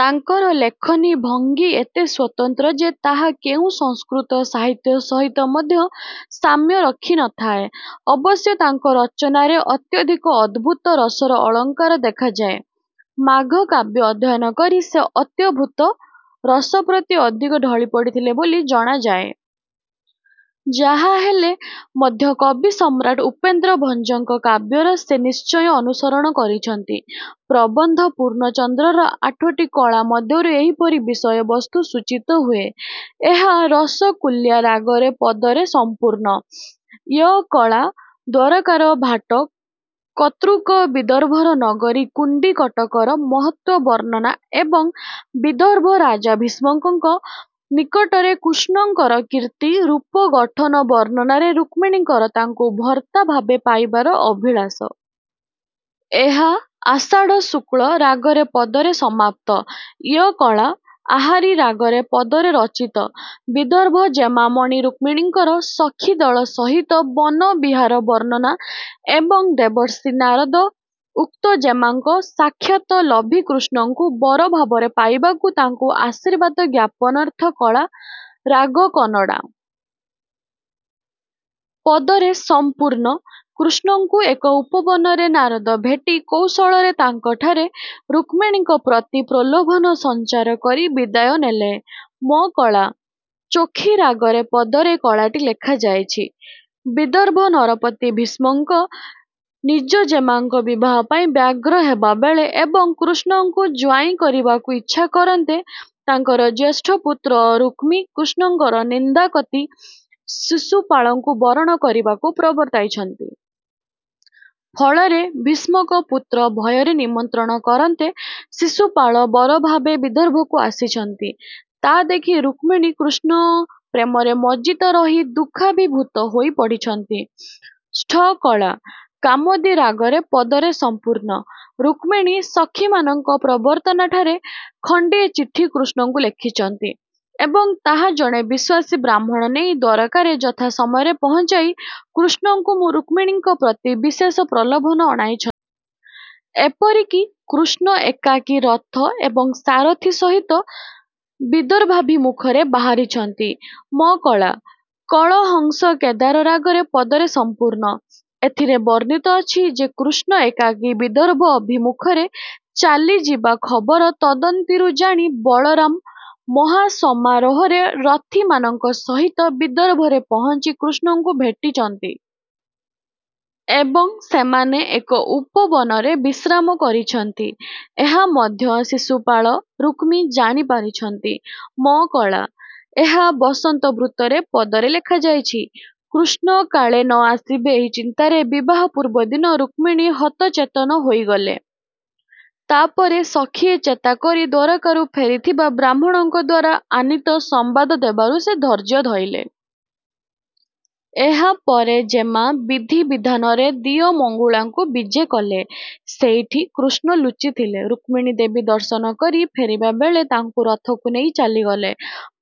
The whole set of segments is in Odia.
ତାଙ୍କର ଲେଖନୀ ଭଙ୍ଗି ଏତେ ସ୍ୱତନ୍ତ୍ର ଯେ ତାହା କେଉଁ ସଂସ୍କୃତ ସାହିତ୍ୟ ସହିତ ମଧ୍ୟ ସାମ୍ୟ ରଖି ନ ଥାଏ, ଅବଶ୍ୟ ତାଙ୍କ ରଚନାରେ ଅତ୍ୟଧିକ ଅଦ୍ଭୁତ ରସର ଅଳଙ୍କାର ଦେଖାଯାଏ, ମାଘ କାବ୍ୟ ଅଧ୍ୟୟନ କରି ସେ ଅତ୍ୟଦ୍ଭୁତ ରସ ପ୍ରତି ଅଧିକ ଢଳି ପଡ଼ିଥିଲେ ବୋଲି ଜଣାଯାଏ। ଯାହାହେଲେ ମଧ୍ୟ କବିସମ୍ରାଟ ଉପେନ୍ଦ୍ର ଭଞ୍ଜଙ୍କ କାବ୍ୟର ସେ ନିଶ୍ଚୟ ଅନୁସରଣ କରିଛନ୍ତି। ପ୍ରବନ୍ଧ ପୂର୍ଣ୍ଣଚନ୍ଦ୍ରର ଆଠଟି କଳା ମଧ୍ୟରୁ ଏହିପରି ବିଷୟବସ୍ତୁ ସୂଚିତ ହୁଏ। ଏହା ରସକୁଲ୍ୟା ରାଗରେ ପଦରେ ସଂପୂର୍ଣ୍ଣ। ୟ କଳା-ଦ୍ୱାରକାର ଭାଟ କର୍ତ୍ତୃକ ବିଦର୍ଭର ନଗରୀ କୁଣ୍ଡିକଟକର ମହତ୍ତ୍ୱ ବର୍ଣ୍ଣନା ଏବଂ ବିଦର୍ଭ ରାଜା ଭୀଷ୍ମକଙ୍କ ନିକଟରେ କୃଷ୍ଣଙ୍କର କୀର୍ତ୍ତି, ରୂପ, ଗଠନ ବର୍ଣ୍ଣନାରେ ରୁକ୍ମଣୀଙ୍କର ତାଙ୍କୁ ଭର୍ତ୍ତା ଭାବେ ପାଇବାର ଅଭିଳାଷ। ଏହା ଆଷାଢ଼ ଶୁକ୍ଲ ରାଗରେ ପଦରେ ସମାପ୍ତ। ୟ କଳା-ଆହାରି ରାଗରେ ପଦରେ ରଚିତ। ବିଦର୍ଭ ଜେମାମଣି ରୁକ୍ମିଣୀଙ୍କର ସଖିଦଳ ସହିତ ବନ ବିହାର ବର୍ଣ୍ଣନା ଏବଂ ଦେବର୍ଷି ନାରଦ ଉକ୍ତ ଜେମାଙ୍କ ସାକ୍ଷାତ ଲଭି କୃଷ୍ଣଙ୍କୁ ବରଭାବରେ ପାଇବାକୁ ତାଙ୍କୁ ଆଶୀର୍ବାଦ ଜ୍ଞାପନ। ର୍ଥ କଳା-ରାଗ କନଡ଼ା। ପଦରେ। ସଂପୂର୍ଣ୍ଣ। କୃଷ୍ଣଙ୍କୁ ଏକ ଉପବନରେ ନାରଦ ଭେଟି, କୌଶଳରେ ତାଙ୍କଠାରେ ରୁକ୍ମିଣୀଙ୍କ ପ୍ରତି ପ୍ରଲୋଭନ ସଂଚାର କରି ବିଦାୟ ନେଲେ। ମ କଳା-ଚୋଖୀ ରାଗରେ ପଦରେ ଏ କଳାଟି ଲେଖାଯାଇଛି। -ବିଦର୍ଭ ନରପତି ଭୀଷ୍ମକ ନିଜଜେମାଙ୍କ ବିବାହ ପାଇଁ ବ୍ୟଗ୍ର ହେବା ବେଳେ ଏବଂ କୃଷ୍ଣଙ୍କୁ ଜ୍ୱାଇଁ କରିବାକୁ ଇଚ୍ଛା କରନ୍ତେ ତାଙ୍କର ଜ୍ୟେଷ୍ଠପୁତ୍ର ରୁକ୍ମୀ କୃଷ୍ଣଙ୍କର ନିନ୍ଦାକତି ଶିଶୁପାଳଙ୍କୁ ବରଣ କରିବାକୁ ପ୍ରବର୍ତ୍ତାଇଛନ୍ତି। ଫଳରେ ଭୀଷ୍ମକ ପୁତ୍ର ଭୟରେ ନିମନ୍ତ୍ରଣ କରନ୍ତେ ଶିଶୁପାଳ ବରଭାବେ ବିଦର୍ଭକୁ ଆସିଛନ୍ତି। ତା ଦେଖି ରୁକ୍ମିଣୀ କୃଷ୍ଣ ପ୍ରେମରେ ମଜ୍ଜିତ ରହି ଦୁଃଖାଭିଭୂତ ହୋଇ ପଡ଼ିଛନ୍ତି-। ଷ୍ଠ କଳା- କାମୋଦି ରାଗରେ ପଦରେ ସଂପୂର୍ଣ୍ଣ। - ରୁକ୍ମିଣୀ ସଖିମାନଙ୍କ ପ୍ରବର୍ତ୍ତନାରେ ଖଣ୍ଡିଏ ଚିଠି କୃଷ୍ଣଙ୍କୁ ଲେଖିଛନ୍ତି ଏବଂ ତାହା ଜଣେ ବିଶ୍ୱାସୀ ବ୍ରାହ୍ମଣ ନେଇ ଦ୍ୱାରକାରେ ଯଥା ସମୟରେ ପହଞ୍ଚାଇ, କୃଷ୍ଣଙ୍କୁ ରୁକ୍ମିଣୀଙ୍କ ପ୍ରତି ବିଶେଷ ପ୍ରଲୋଭନ ଅଣାଇଛନ୍ତି। ଏପରିକି କୃଷ୍ଣ ଏକାକୀ ରଥ ଏବଂ ସାରଥୀ ସହିତ ବିଦର୍ଭାଭିମୁଖରେ ବାହାରିଛନ୍ତି। ମ କଳା-କଳହଂସକେଦାର ରାଗରେ ପଦରେ ସଂପୂର୍ଣ୍ଣ। ଏଥିରେ ବର୍ଣ୍ଣିତ ଅଛି ଯେ କୃଷ୍ଣ ଏକାକୀ ବିଦର୍ଭ ଅଭିମୁଖରେ ଚାଲିଯିବା ଖବର ତଦନ୍ତିରୁ ଜାଣି, ବଳରାମ ମହାସମାରୋହରେ ରଥିମାନଙ୍କ ସହିତ ବିଦର୍ଭରେ ପହଞ୍ଚି କୃଷ୍ଣଙ୍କୁ ଭେଟିଛନ୍ତି। ଏବଂ ସେମାନେ ଏକ ଉପବନରେ ବିଶ୍ରାମ କରିଛନ୍ତି। ଏହା ମଧ୍ୟ ଶିଶୁପାଳ, ରୁକ୍ମୀ ଜାଣିପାରିଛନ୍ତି। ମ କଳା-ଏହା ବସନ୍ତ ବୃତ୍ତରେ ପଦରେ ଲେଖାଯାଇଛି। -କୃଷ୍ଣ କାଳେ ନ ଆସିବେ ଏହି ଚିନ୍ତାରେ ବିବାହ ପୂର୍ବଦିନ ରୁକ୍ମିଣୀ ହତଚେତନ ହୋଇଗଲେ। ତା ପରେ ସଖିଏ ଚେତାକରି ଦ୍ୱାରକାରୁ ଫେରିଥିବା ବ୍ରାହ୍ମଣଙ୍କଦ୍ୱାରା ଆନୀତ ସମ୍ବାଦ ଦେବାରୁ ସେ ଧୈର୍ଯ୍ୟ ଧଇଲେ। ଏହାପରେ ଜେମା ବିଧି ବିଧାନରେ ଦିଅଁ ମଙ୍ଗୁଳାକୁ ବିଜେକଲେ। ସେଇଠି କୃଷ୍ଣ ଲୁଚିଥିଲେ। ରୁକ୍ମିଣୀ ଦେବୀ ଦର୍ଶନ କରି ଫେରିବା ବେଳେ ତାଙ୍କୁ ରଥକୁ ନେଇ ଚାଲିଗଲେ।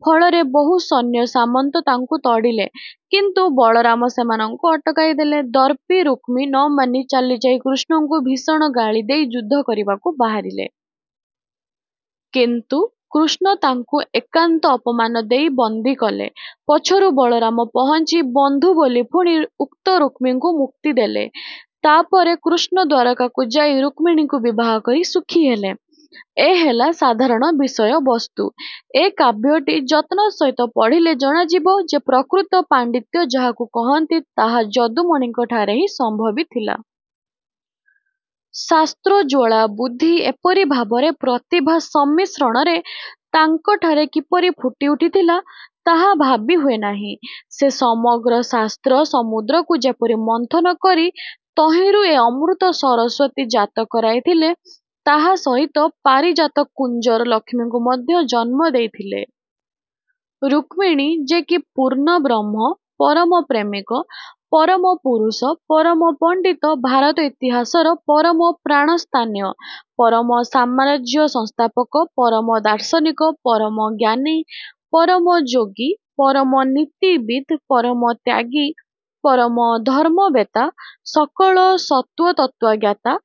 ଫଳରେ ବହୁ ସୈନ୍ୟ ସାମନ୍ତ ତାଙ୍କୁ ତଡ଼ିଲେ। କିନ୍ତୁ ବଳରାମ ସେମାନଙ୍କୁ ଅଟକାଇ ଦେଲେ। ଦର୍ପି ରୁକ୍ମୀ ନମାନି ଚାଲିଯାଇ କୃଷ୍ଣଙ୍କୁ ଭୀଷଣ ଗାଳିଦେଇ ଯୁଦ୍ଧ କରିବାକୁ ବାହାରିଲେ। କିନ୍ତୁ କୃଷ୍ଣ ତାଙ୍କୁ ଏକାନ୍ତ ଅପମାନ ଦେଇ ବନ୍ଦିକଲେ। ପଛରୁ ବଳରାମ ପହଞ୍ଚି ବନ୍ଧୁ ବୋଲି ପୁଣି ଉକ୍ତ ରୁକ୍ମୀଙ୍କୁ ମୁକ୍ତିଦେଲେ। ତା ପରେ କୃଷ୍ଣ ଦ୍ୱାରକାକୁ ଯାଇ ରୁକ୍ମିଣୀଙ୍କୁ ବିବାହ କରି ସୁଖୀ ହେଲେ। ଏ ହେଲା ସାଧାରଣ ବିଷୟ ବସ୍ତୁ। ଏ କାବ୍ୟଟି ଯତ୍ନ ସହିତ ପଢ଼ିଲେ ଜଣାଯିବ ଯେ ପ୍ରକୃତ ପାଣ୍ଡିତ୍ୟ ଯାହାକୁ କହନ୍ତି, ତାହା ଯଦୁମଣିଙ୍କଠାରେ ହିଁ ସମ୍ଭବିଥିଲା। ଶାସ୍ତ୍ରୋଜ୍ୱଳା ବୁଦ୍ଧି ଏପରି ଭାବରେ ପ୍ରତିଭା ସମ୍ମିଶ୍ରଣରେ ତାଙ୍କଠାରେ କିପରି ଫୁଟି ଉଠିଥିଲା, ତାହା ଭାବି ହୁଏନାହିଁ। ସେ ସମଗ୍ର ଶାସ୍ତ୍ର - ସମୁଦ୍ରକୁ ଯେପରି ମନ୍ଥନ କରି ତହିଁରୁ ଏ ଅମୃତ ସରସ୍ୱତୀ ଜାତ କରାଇ ଥିଲେ, ତା ସହିତ ପାରିଜାତ କୁଞ୍ଜର ଲକ୍ଷ୍ମୀଙ୍କୁ ମଧ୍ୟ ଜନ୍ମ ଦେଇଥିଲେ। ରୁକ୍ମିଣୀ ଯେ କି ପୂର୍ଣ୍ଣବ୍ରହ୍ମ, ପରମପ୍ରେମିକ, ପରମ ପୁରୁଷ, ପରମ ପଣ୍ଡିତ, ଭାରତ ଇତିହାସର ପରମ ପ୍ରାଣସ୍ଥାନୀୟ, ପରମ ସାମ୍ରାଜ୍ୟ ସଂସ୍ଥାପକ, ପରମ ଦାର୍ଶନିକ, ପରମ ଜ୍ଞାନୀ, ପରମ ଯୋଗୀ, ପରମ ନୀତିବିଦ୍, ପରମ ତ୍ୟାଗୀ, ପରମ ଧର୍ମ୍ମବେତ୍ତା, ସକଳ ସତ୍ୟତତ୍ତ୍ୱଜ୍ଞାତା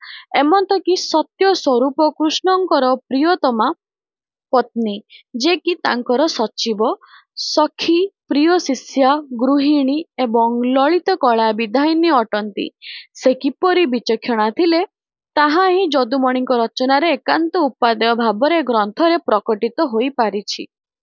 ଏମନ୍ତକି ସତ୍ୟ ସ୍ୱରୁପ କୃଷ୍ଣଙ୍କର ପ୍ରିୟତମା ପତ୍ନୀ, ଯେ କି ତାଙ୍କର ସଚୀବ, ସଖୀ ପ୍ରିୟଶିଷ୍ୟା, ଗୃହିଣୀ ଏବଂ ଲଳିତକଳା ବିଧାୟିନୀ ଅଟନ୍ତି, ସେ କିପରି ବିଚକ୍ଷଣା ଥିଲେ, ତାହା ହିଁ ଯଦୁମଣିଙ୍କ ରଚନାରେ ଏକାନ୍ତ ଉପାଦେୟ ଭାବରେ ଏ ଗ୍ରନ୍ଥରେ ପ୍ରକଟିତ ହୋଇ ପାରିଛି।